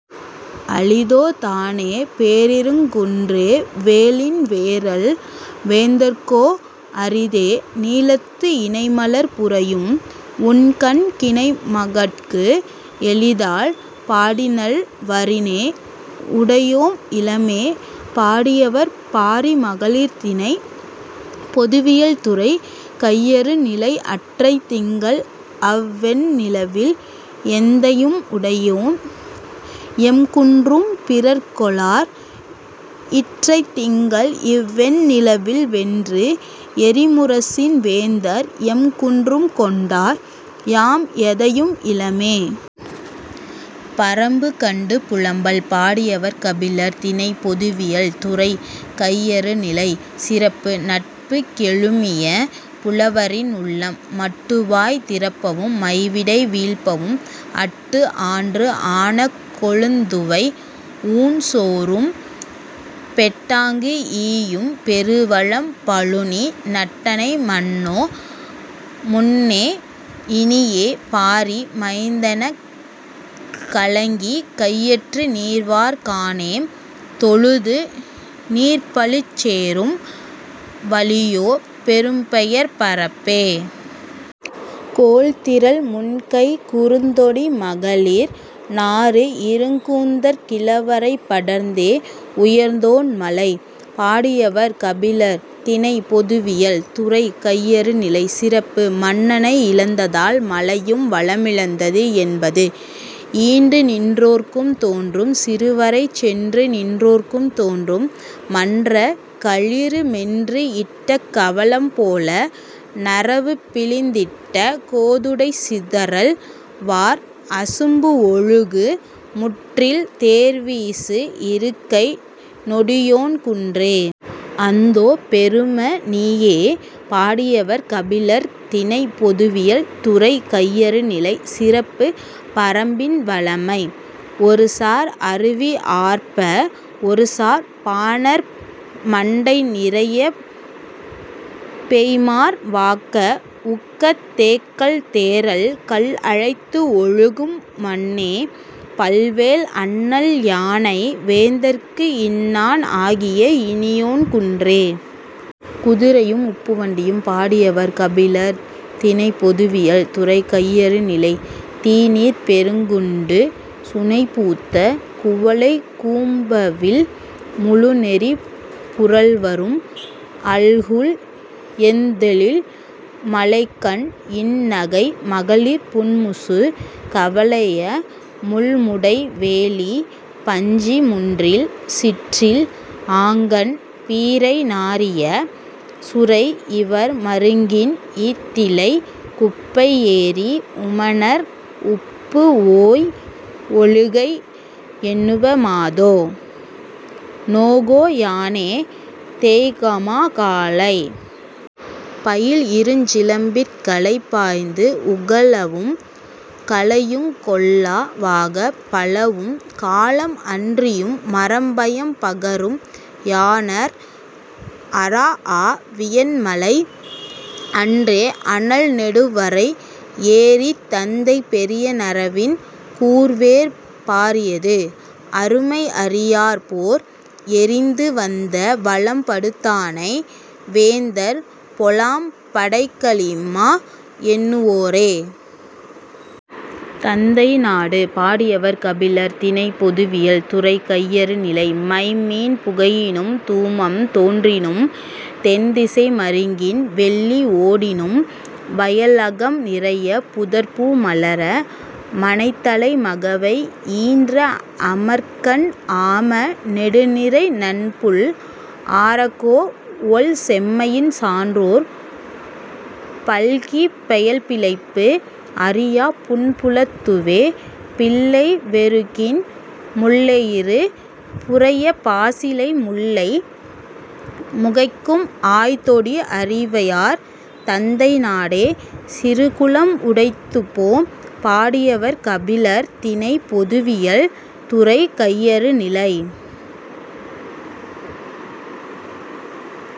அளிதோ தானே, பேரிருங் குன்றே! வேலின் வேறல் வேந்தர்க்கோ அரிதே; நீலத்து, இணை மலர் புரையும் உண்கண் கிணை மகட்கு எளிதால், பாடினள் வரினே.. உடையேம் இலமே! பாடியவர்: பாரி மகளிர் திணை: பொதுவியல் துறை: கையறு நிலை அற்றைத் திங்கள் அவ் வெண் நிலவில், எந்தையும் உடையேம்; எம் குன்றும் பிறர் கொளார்; இற்றைத் திங்கள் இவ் வெண் நிலவில், வென்று எறி முரசின் வேந்தர் எம் குன்றும் கொண்டார்; யாம் எந்தையும் இலமே!. பறம்பு கண்டு புலம்பல்! பாடியவர்: கபிலர். திணை: பொதுவியல். துறை: கையறுநிலை. சிறப்பு: நட்புக் கெழுமிய புலவரின் உள்ளம். மட்டு வாய் திறப்பவும், மை விடை வீழ்ப்பவும், அட்டு ஆன்று ஆனாக் கொழுந் துவை ஊன் சோறும் பெட்டாங்கு ஈயும் பெருவளம் பழுனி, நட்டனை மன்னோ, முன்னே; இனியே, பாரி மாய்ந்தெனக், கலங்கிக் கையற்று, நீர் வார் கண்ணேம் தொழுது நிற் பழிச்சிச் சேறும் வாழியோ பெரும்பெயர்ப் பறம்பே! கோல் திரள் முன்கைக் குறுந் தொடி மகளிர் நாறு இருங் கூந்தற் கிழவரைப் படர்ந்தே.. உயர்ந்தோன் மலை! பாடியவர்: கபிலர் திணை: பொதுவியல் துறை: கையறுநிலை சிறப்பு: மன்னனை இழந்ததால் மலையும் வளமிழந்தது என்பது. ஈண்டு நின் றோர்க்கும் தோன்றும்; சிறு வரை சென்று நின் றோர்க்கும் தோன்றும், மன்ற; களிறு மென்று இட்ட கவளம் போல, நறவுப் பிழிந் திட்ட கோதுடைச் சிதறல் வார் அசும்பு ஒழுகு முன்றில், தேர் வீசு இருக்கை, நெடியோன் குன்றே.. அந்தோ பெரும நீயே! பாடியவர்: கபிலர் திணை: பொதுவியல் துறை: கையறுநிலை சிறப்பு: பறம்பின் வளமை. ஒரு சார் அருவி ஆர்ப்ப, ஒரு சார் பாணர் மண்டை நிறையப் பெய்ம்மார், வாக்க உக்க தேக் கள் தேறல் கல்அலைத்து ஒழுகும் மன்னே! பல் வேல், அண்ணல் யானை, வேந்தர்க்கு இன்னான் ஆகிய இனியோன் குன்றே!. குதிரையும் உப்புவண்டியும்! பாடியவர்: கபிலர் திணை: பொதுவியல் துறை: கையறுநிலை தீநீர்ப் பெருங் குண்டு சுனைப் பூத்த குவளைக் கூம்பவிழ் முழுநெறி புரள்வரும் அல்குல், ஏந்தெழில் மழைக் கண், இன் நகை, மகளிர் புன் மூசு கவலைய முள் முடை வேலிப், பஞ்சி முன்றில், சிற்றில் ஆங்கண், பீரை நாறிய சுரை இவர் மருங்கின், ஈத்திலைக் குப்பை ஏறி உமணர் உப்பு ஓய் ஒழுகை எண்ணுப மாதோ; நோகோ யானே; தேய்கமா காலை! பயில் இருஞ் சிலம்பிற் கலை பாய்ந்து உகளவும், கலையுங் கொள்ளா வாகப், பலவும் காலம் அன்றியும் மரம் பயம் பகரும் யாணர் அறாஅ வியன்மலை அற்றே அண்ணல் நெடுவரை ஏறித், தந்தை பெரிய நறவின், கூர் வேற் பாரியது அருமை அறியார் போர் எதிர்ந்து வந்த வலம் படுதானை வேந்தர் பொலம் படைக் கலிமா எண்ணு வோரே.. தந்தை நாடு! பாடியவர்: கபிலர் திணை: பொதுவியல் துறை: கையறுநிலை மைம் மீன் புகையினும், தூமம் தோன்றினும், தென் திசை மருங்கின் வெள்ளி ஓடினும், வயல்அகம் நிறையப், புதற்பூ மலர, மனைத்தலை மகவை ஈன்ற அமர்க்கண் ஆமா நெடு நிறை நன்புல் ஆரக், கோஒல் செம்மையின் சான்றோர் பல்கிப், பெயல் பிழைப்பு அறியாப் புன்புலத் ததுவே; பிள்ளை வெருகின் முள் லெயிறு புரையப் பாசிலை முல்லை முகைக்கும் ஆய் தொடி அரிவையர் தந்தை நாடே.. சிறுகுளம் உடைந்துபோம்! பாடியவர்: கபிலர் திணை: பொதுவியல் துறை: கையறுநிலை